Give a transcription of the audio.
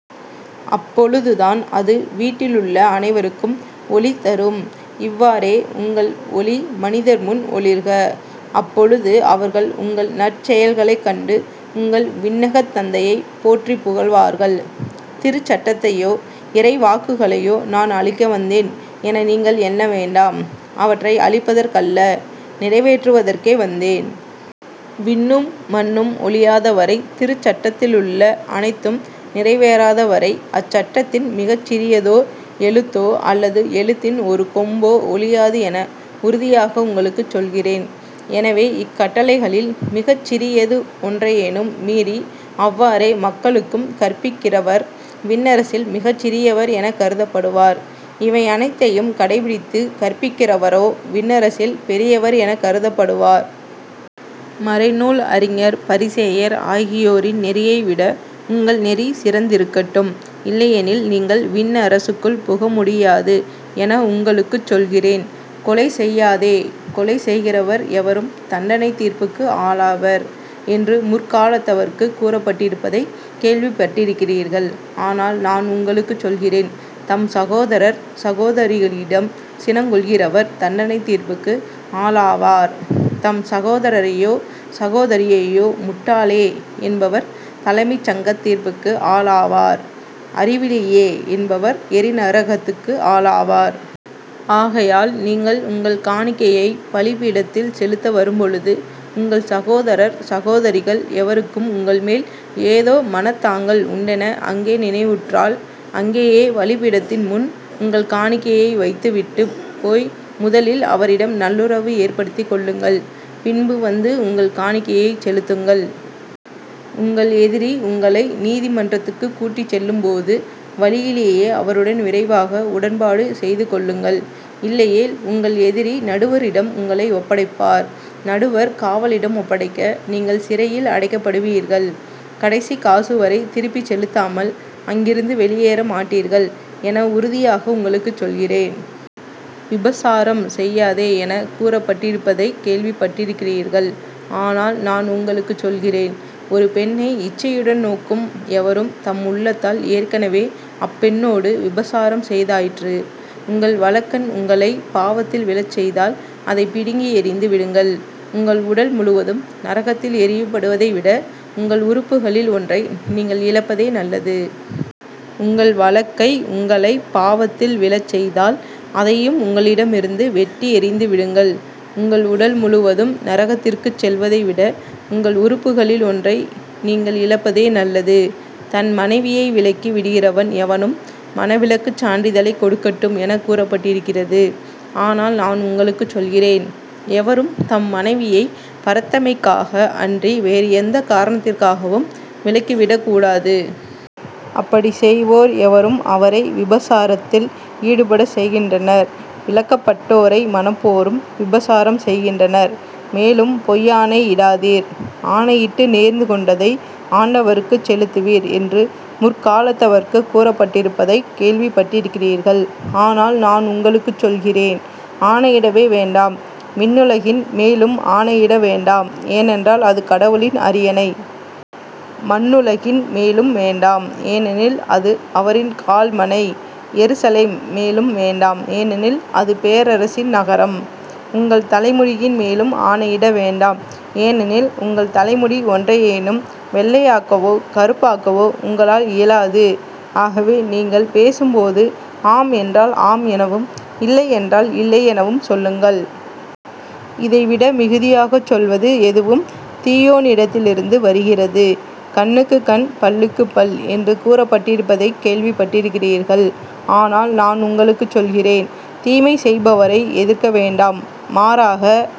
அப்பொழுதுதான் அது வீட்டிலுள்ள அனைவருக்கும் ஒளி தரும். இவ்வாறே உங்கள் ஒளி மனிதர்முன் ஒளிர்க. அப்பொழுது அவர்கள் உங்கள் நற்செயல்களைக் கண்டு உங்கள் விண்ணகத் தந்தையைப் போற்றிப் புகழ்வார்கள். திருச்சட்டத்தையோ இறைவாக்குகளையோ நான் அழிக்க வந்தேன் என நீங்கள் எண்ண வேண்டாம் அவற்றை அழிப்பதற்கல்ல, நிறைவேற்றுவதற்கே வந்தேன். விண்ணும் மண்ணும் ஒழியாதவரை, திருச்சட்டத்திலுள்ள அனைத்தும் நிறைவேறாதவரை அச்சட்டத்தின் மிகச்சிறியதோர் எழுத்தோ அல்லது எழுத்தின் ஒரு கொம்போ ஒழியாது என உறுதியாக உங்களுக்குச் சொல்கிறேன். எனவே, இக்கட்டளைகளில் மிகச் சிறியது ஒன்றையேனும் மீறி அவ்வாறே மக்களுக்கும் கற்பிக்கிறவர் விண்ணரசில் மிகச் சிறியவர் எனக் கருதப்படுவார். இவையனைத்தையும் கடைப்பிடித்துக் கற்பிக்கிறவரோ விண்ணரசில் பெரியவர் எனக் கருதப்படுவார். மறைநூல் அறிஞர் பரிசேயர் ஆகியோரின் நெறியைவிட உங்கள் நெறி சிறந்திருக்கட்டும். இல்லையெனில். நீங்கள் விண்ணரசுக்குள் புக முடியாது என உங்களுக்குச் சொல்கிறேன். கொலை செய்யாதே கொலை செய்கிறவர் எவரும் தண்டனைத் தீர்ப்புக்கு ஆளாவர் என்று முற்காலத்தவர்க்குக் கூறப்பட்டிருப்பதைக் கேள்விப் பட்டிருக்கிறீர்கள். ஆனால் நான் உங்களுக்குச் சொல்கிறேன் தம் சகோதரர் சகோதரிகளிடம் சினங்கொள்கிறவர் தண்டனைத் தீர்ப்புக்கு ஆளாவார் தம் சகோதரரையோ சகோதரியையோ முட்டாளே என்பவர் தலைமைச் சங்கத் தீர்ப்புக்கு ஆளாவார் அறிவிலியே என்பவர் எரிநரகத்துக்கு ஆளாவார். ஆகையால் நீங்கள் உங்கள் காணிக்கையைப் பலிபீடத்தில் செலுத்த வரும்பொழுது உங்கள் சகோதரர் சகோதரிகள் எவருக்கும் உங்கள் மேல் ஏதோ மனத்தாங்கல் உண்டென அங்கே நினைவுற்றால், அங்கேயே பலிபீடத்தின்முன் உங்கள் காணிக்கையை வைத்து விட்டுப் போய் முதலில் அவரிடம் நல்லுறவு ஏற்படுத்திக் கொள்ளுங்கள். பின்பு வந்து உங்கள் காணிக்கையைச் செலுத்துங்கள். உங்கள் எதிரி உங்களை நீதிமன்றத்துக்குக் கூட்டிச் செல்லும் போது வழியிலேயே அவருடன் விரைவாக உடன்பாடு செய்துகொள்ளுங்கள். இல்லையேல் உங்கள் எதிரி நடுவரிடம் உங்களை ஒப்படைப்பார். நடுவர் காவலிடம் ஒப்படைக்க நீங்கள் சிறையில் அடைக்கப்படுவீர்கள். கடைசிக் காசு வரை திருப்பிச் செலுத்தாமல் அங்கிருந்து வெளியேற மாட்டீர்கள் என உறுதியாக உங்களுக்கு சொல்கிறேன். விபசாரம் செய்யாதே எனக் கூறப்பட்டிருப்பதைக் கேள்விப்பட்டிருக்கிறீர்கள். ஆனால், நான் உங்களுக்குச் சொல்கிறேன் ஒரு பெண்ணை இச்சையுடன் நோக்கும் எவரும் தம் உள்ளத்தால் ஏற்கெனவே அப்பெண்ணோடு விபசாரம் செய்தாயிற்று. உங்கள் வலக்கண் உங்களைப் பாவத்தில் விழச்செய்தால் அதைப் பிடுங்கி எறிந்து விடுங்கள். உங்கள் உடல் முழுவதும் நரகத்தில் எறியப்படுவதைவிட உங்கள் உறுப்புகளில் ஒன்றை நீங்கள் இழப்பதே நல்லது. உங்கள் வலக்கை உங்களைப் பாவத்தில் விழச் செய்தால் அதையும் உங்களிடமிருந்து வெட்டி எறிந்து விடுங்கள். உங்கள் உடல் முழுவதும் நரகத்திற்குச் செல்வதைவிட உங்கள் உறுப்புகளில் ஒன்றை நீங்கள் இழப்பதே நல்லது. தன் மனைவியை விலக்கி விடுகிறவன் எவனும் மணவிலக்குச் சான்றிதழைக் கொடுக்கட்டும் எனக் கூறப்பட்டிருக்கிறது. ஆனால் நான் உங்களுக்குச் சொல்கிறேன் எவரும் தம் மனைவியைப் பரத்தைமைக்காக அன்றி வேறு எந்தக் காரணத்திற்காகவும் விலக்கிவிடக் கூடாது. அப்படிச் செய்வோர் எவரும் அவரை விபசாரத்தில் ஈடுபடச் செய்கின்றனர். விலக்கப்பட்டோரை மணப்போரும் விபசாரம் செய்கின்றனர். மேலும் பொய்யாணை இடாதீர். ஆணையிட்டு நேர்ந்து கொண்டதை ஆண்டவருக்குச் செலுத்துவீர் என்று முற்காலத்தவர்க்குக் கூறப்பட்டிருப்பதைக் கேள்விப்பட்டிருக்கிறீர்கள். ஆனால் நான் உங்களுக்குச் சொல்கிறேன் ஆணையிடவே வேண்டாம். விண்ணுலகின் மேலும் ஆணையிட வேண்டாம் ஏனென்றால் அது கடவுளின் அரியணை. மண்ணுலகின் மேலும் வேண்டாம் ஏனெனில் அது அவரின் கால்மணை. எருசலேம் மேலும் வேண்டாம் ஏனெனில் அது பேரரசின் நகரம். உங்கள் தலைமுடியின் மேலும் ஆணையிட வேண்டாம் ஏனெனில் உங்கள் தலைமுடி ஒன்றையேனும் வெள்ளையாக்கவோ கறுப்பாக்கவோ உங்களால் இயலாது ஆகவே நீங்கள் பேசும்போது ஆம் என்றால் ஆம் எனவும் இல்லை என்றால் இல்லை எனவும் சொல்லுங்கள். இதைவிட மிகுதியாகச் சொல்வது எதுவும் தீயோனிடத்திலிருந்து வருகிறது. கண்ணுக்குக் கண் பல்லுக்குப் பல் என்று கூறப்பட்டிருப்பதைக் கேள்விப்பட்டிருக்கிறீர்கள். ஆனால் நான் உங்களுக்குச் சொல்கிறேன் தீமை செய்பவரை எதிர்க்க வேண்டாம். மாறாக